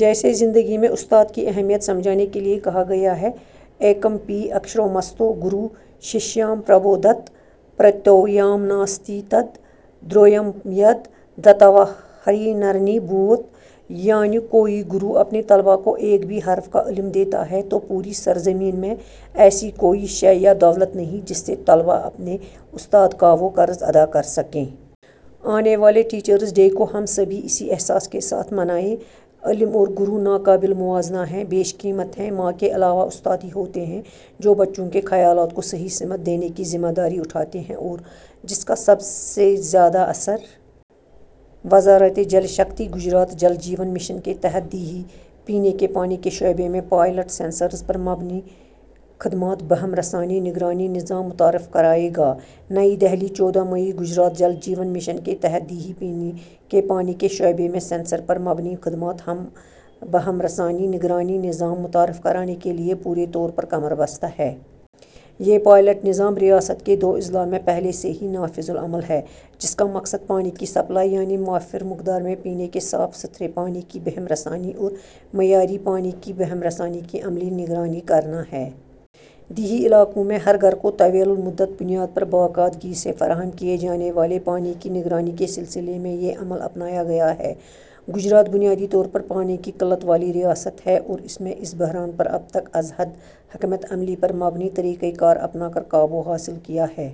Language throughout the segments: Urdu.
جیسے زندگی میں استاد کی اہمیت سمجھانے کے لیے کہا گیا ہے – ایکم پی اکشرمستو، گرو ششیام پربودھت۔ پرتویام ناستی تد-درویم، ید-دتّوا ہریہ نرنی بھوت۔ یعنی کوئی گرو اپنے طلباء کو ایک بھی حرف کا علم دیتا ہے تو پوری سرزمین میں ایسی کوئی شے یا دولت نہیں، جس سے طلباء اپنے استاد کا وہ قرض ادا کر سکیں۔ آنے والے ٹیچرس ڈے کو ہم سبھی اسی احساس کے ساتھ منائیں۔ علم اور گرو ناقابل موازنہ ہیں۔ بیش قیمت ہیں۔ ماں کے علاوہ استاد ہی ہوتے ہیں، جو بچوں کے خیالات کو صحیح سمت دینے کی ذمہ داری اٹھاتے ہیں اور جس کا سب سے زیادہ اثر۔ وزارتِ جل شکتی گجرات جل جیون مشن کے تحت دیہی پینے کے پانی کے شعبے میں پائلٹ سینسر پر مبنی خدمات بہم رسانی نگرانی نظام متعارف کرائے گا۔ نئی دہلی، چودہ مئی: گجرات جل جیون مشن کے تحت دیہی پینے کے پانی کے شعبے میں سینسر پر مبنی خدمات بہم رسانی نگرانی نظام متعارف کرانے کے لیے پورے طور پر کمربستہ ہے۔ یہ پائلٹ نظام ریاست کے دو اضلاع میں پہلے سے ہی نافذ العمل ہے، جس کا مقصد پانی کی سپلائی یعنی وافر مقدار میں پینے کے صاف ستھرے پانی کی بہم رسانی اور معیاری پانی کی بہم رسانی کی عملی نگرانی کرنا ہے۔ دیہی علاقوں میں ہر گھر کو طویل المدت بنیاد پر باقاعدگی سے فراہم کیے جانے والے پانی کی نگرانی کے سلسلے میں یہ عمل اپنایا گیا ہے۔ گجرات بنیادی طور پر پانی کی قلت والی ریاست ہے اور اس میں اس بحران پر اب تک ازحد حکمتِ عملی پر مبنی طریقہ کار اپنا کر قابو حاصل کیا ہے۔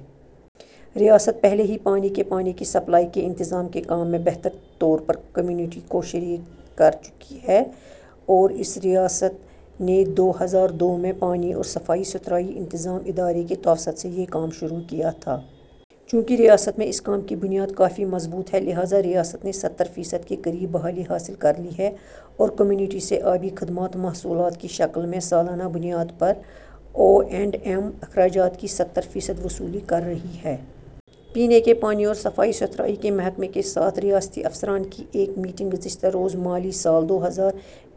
ریاست پہلے ہی پینے کے پانی کی سپلائی کے انتظام کے کام میں بہتر طور پر کمیونٹی کو شریک کر چکی ہے اور اس ریاست نے دو ہزار دو میں پانی اور صفائی ستھرائی انتظام ادارے کے توسط سے یہ کام شروع کیا تھا۔ چونکہ ریاست میں اس کام کی بنیاد کافی مضبوط ہے لہٰذا ریاست نے ستر فیصد کے قریب بحالی حاصل کر لی ہے اور کمیونٹی سے آبی خدمات محصولات کی شکل میں سالانہ بنیاد پر او اینڈ ایم اخراجات کی ستر فیصد وصولی کر رہی ہے۔ پینے کے پانی اور صفائی ستھرائی کے محکمے کے ساتھ ریاستی افسران کی ایک میٹنگ گزشتہ روز مالی سال دو ہزار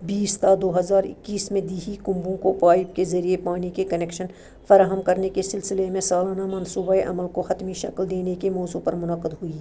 بیس تا دو ہزار اکیس میں دیہی کنبوں کو پائپ کے ذریعے پانی کے کنکشن فراہم کرنے کے سلسلے میں سالانہ منصوبۂ عمل کو حتمی شکل دینے کے موضوع پر منعقد ہوئی۔